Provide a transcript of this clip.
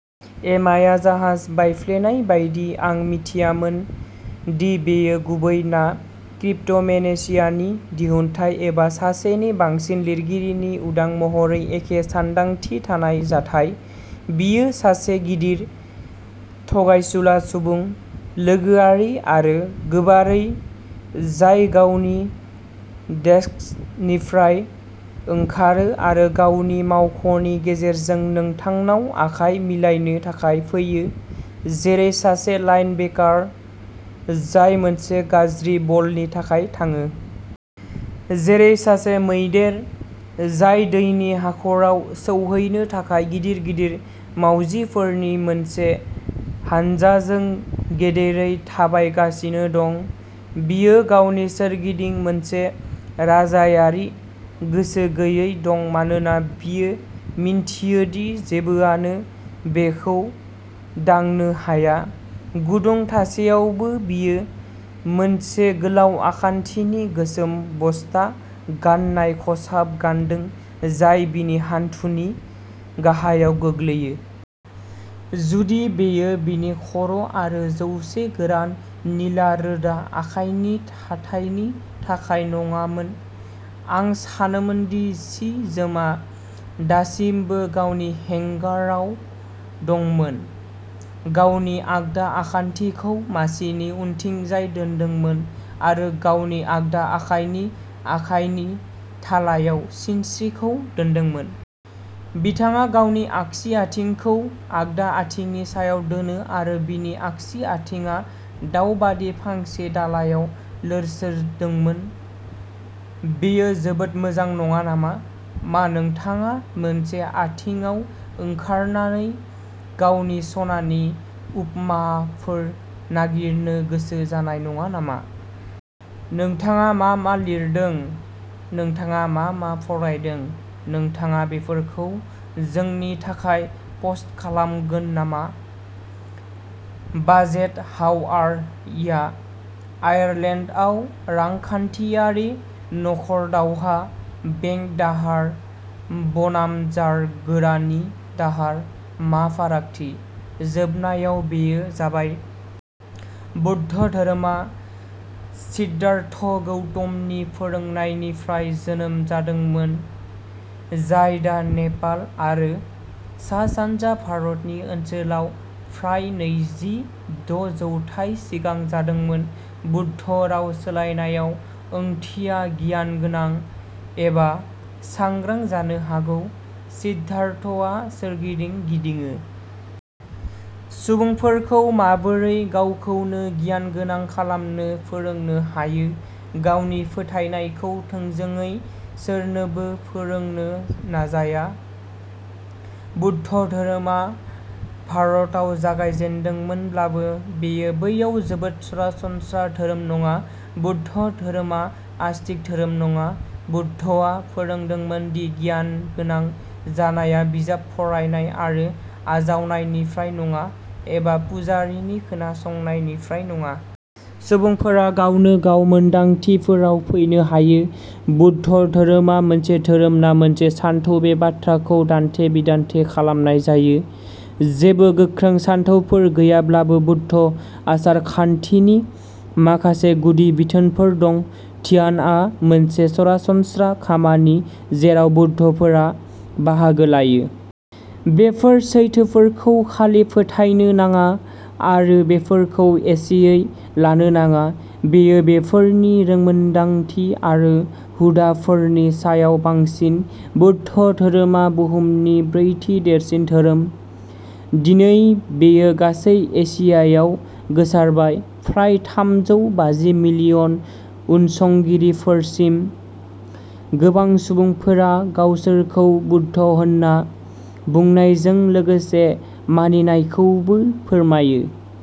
एमाया जाहाज बायफ्लेनाय बायदि, आं मिथियामोन दि बेयो गुबै ना क्रिप्ट'मेनेसियानि दिहुनथाइ एबा सासेनि बांसिन लिरगिरिनि उदां महरै एखे सानदांथि थानाय जाथाय। बियो सासे गिदिर, थगायसुला सुबुं, लोगोआरि आरो गोबारै, जाय गावनि डेस्कनिफ्राय ओंखारो आरो गावनि मावख'नि गेजेरजों नोंथांनाव आखाय मिलायनो थाखाय फैयो, जेरै सासे लाइनबेकार, जाय मोनसे गाज्रि बलनि थाखाय थाङो। जेरै सासे मैदेर, जाय दैनि हाखराव सौहैनो थाखाय गिदिर गिदिर मावजिफोरनि मोनसे हानजाजों गेदेरै थाबायगासिनो दं, बियो गावनि सोरगिदिं मोनसे राजायारि गोसो गैयै दं मानोना बियो मिन्थियो दि जेबोआनो बेखौ दांनो हाया। गुदुं थासेयावबो, बियो मोनसे गोलाव आखान्थिनि गोसोम बस्ता गाननाय खसाब गानदों, जाय बिनि हान्थुनि गाहायाव गोग्लैयो। जुदि बेयो बिनि खर' आरो जौसे गोरान, निला रोदा आखाइनि थाथायनि थाखाय नङामोन, आं सानोमोन दि सि जोमआ दासिमबो गावनि हेंगाराव दंमोन। गावनि आगदा आखान्थिखौ मासिनि उनथिंजाय दोनदोंमोन, आरो गावनि आगदा आखाइनि आखाइनि थालायाव सिनस्रिखौ दोनदोंमोन। बिथाङा गावनि आगसि आथिंखौ आगदा आथिंनि सायाव दोनो, आरो बिनि आगसि आथिंआ दाउबादि फांसे दालाइआव लोरसोरदोंमोन। बेयो जोबोद मोजां नङा नामा? मा नोंथाङा मोनसे आथिंआव ओंखारनानै गावनि सनानि उपमाफोर नागिरनो गोसो जानाय नङा नामा? नोंथाङा मा मा लिरदों? नोंथाङा मा मा फरायदों? नोंथाङा बेफोरखौ जोंनि थाखाय पस्ट खालामगोन नामा? बाजेट, हाउ आर या? आयारलेन्डआव "रांखान्थियारि नखर दावहा"? बेंक दाहार बनाम जारगोरानि दाहारः मा फारागथि? जोबनायाव, बेयो जाबाय! बौद्ध धोरोमा सिद्धार्थ गौतमनि फोरोंनायनिफ्राय जोनोम जादोंमोन, जाय दा नेपाल आरो सा सानजा भारतनि ओनसोलाव, फ्राय नैजि द' जौथाय सिगां जादोंमोन। बुद्ध, राव सोलायनायाव, ओंथिया "गियानगोनां" एबा "सांग्रां" जानो हागौ। सिद्धार्थआ सोरगिदिं गिदिङो। सुबुंफोरखौ माबोरै गावखौनो गियानगोनां खालामनो फोरोंनो हायो, गावनि फोथायनायखौ थोंजोङै सोरनोबो फोरोंनो नाजाया। बौद्ध धोरोमा भारताव जागायजेन्दोंमोनब्लाबो, बेयो बैयाव जोबोद सरासनस्रा धोरोम नङा। बौद्ध धोरोमा आस्तिक धोरोम नङा। बुद्धआ फोरोंदोंमोन दि गियानगोनां जानाया बिजाब फरायनाय आरो आजावनायनिफ्राय नङा, एबा पुजारीनि खोनासंनायनिफ्राय नङा। सुबुंफोरा गावनो गाव मोनदांथिफोराव फैनो हायो। बौद्ध धोरोमा मोनसे धोरोम ना मोनसे सानथौ बे बाथ्राखौ दान्थे बिदान्थे खालामनाय जायो। जेबो गोख्रों सानथौफोर गैयाब्लाबो बौद्ध आसारखान्थिनि माखासे गुदि बिथोनफोर दं। ध्यानआ मोनसे सरासनस्रा खामानि जेराव बौद्धफोरा बाहागो लायो। बेफोर सैथोफोरखौ खालि फोथायनो नाङा आरो बेफोरखौ एसेयै लानो नाङा। बेयो बेफोरनि रोंमोनदांथि आरो हुदाफोरनि सायाव बांसिन। बौद्ध धोरोमा बुहुमनि ब्रैथि देरसिन धोरोम। दिनै बेयो गासै एसियायाव गोसारबाय, फ्राय थामजौ बाजि मिलियन उनसंगिरिफोरसिम। गोबां सुबुंफोरा गावसोरखौ बौद्ध होन्ना बुंनायजों लोगोसे मानिनायखौबो फोरमायो।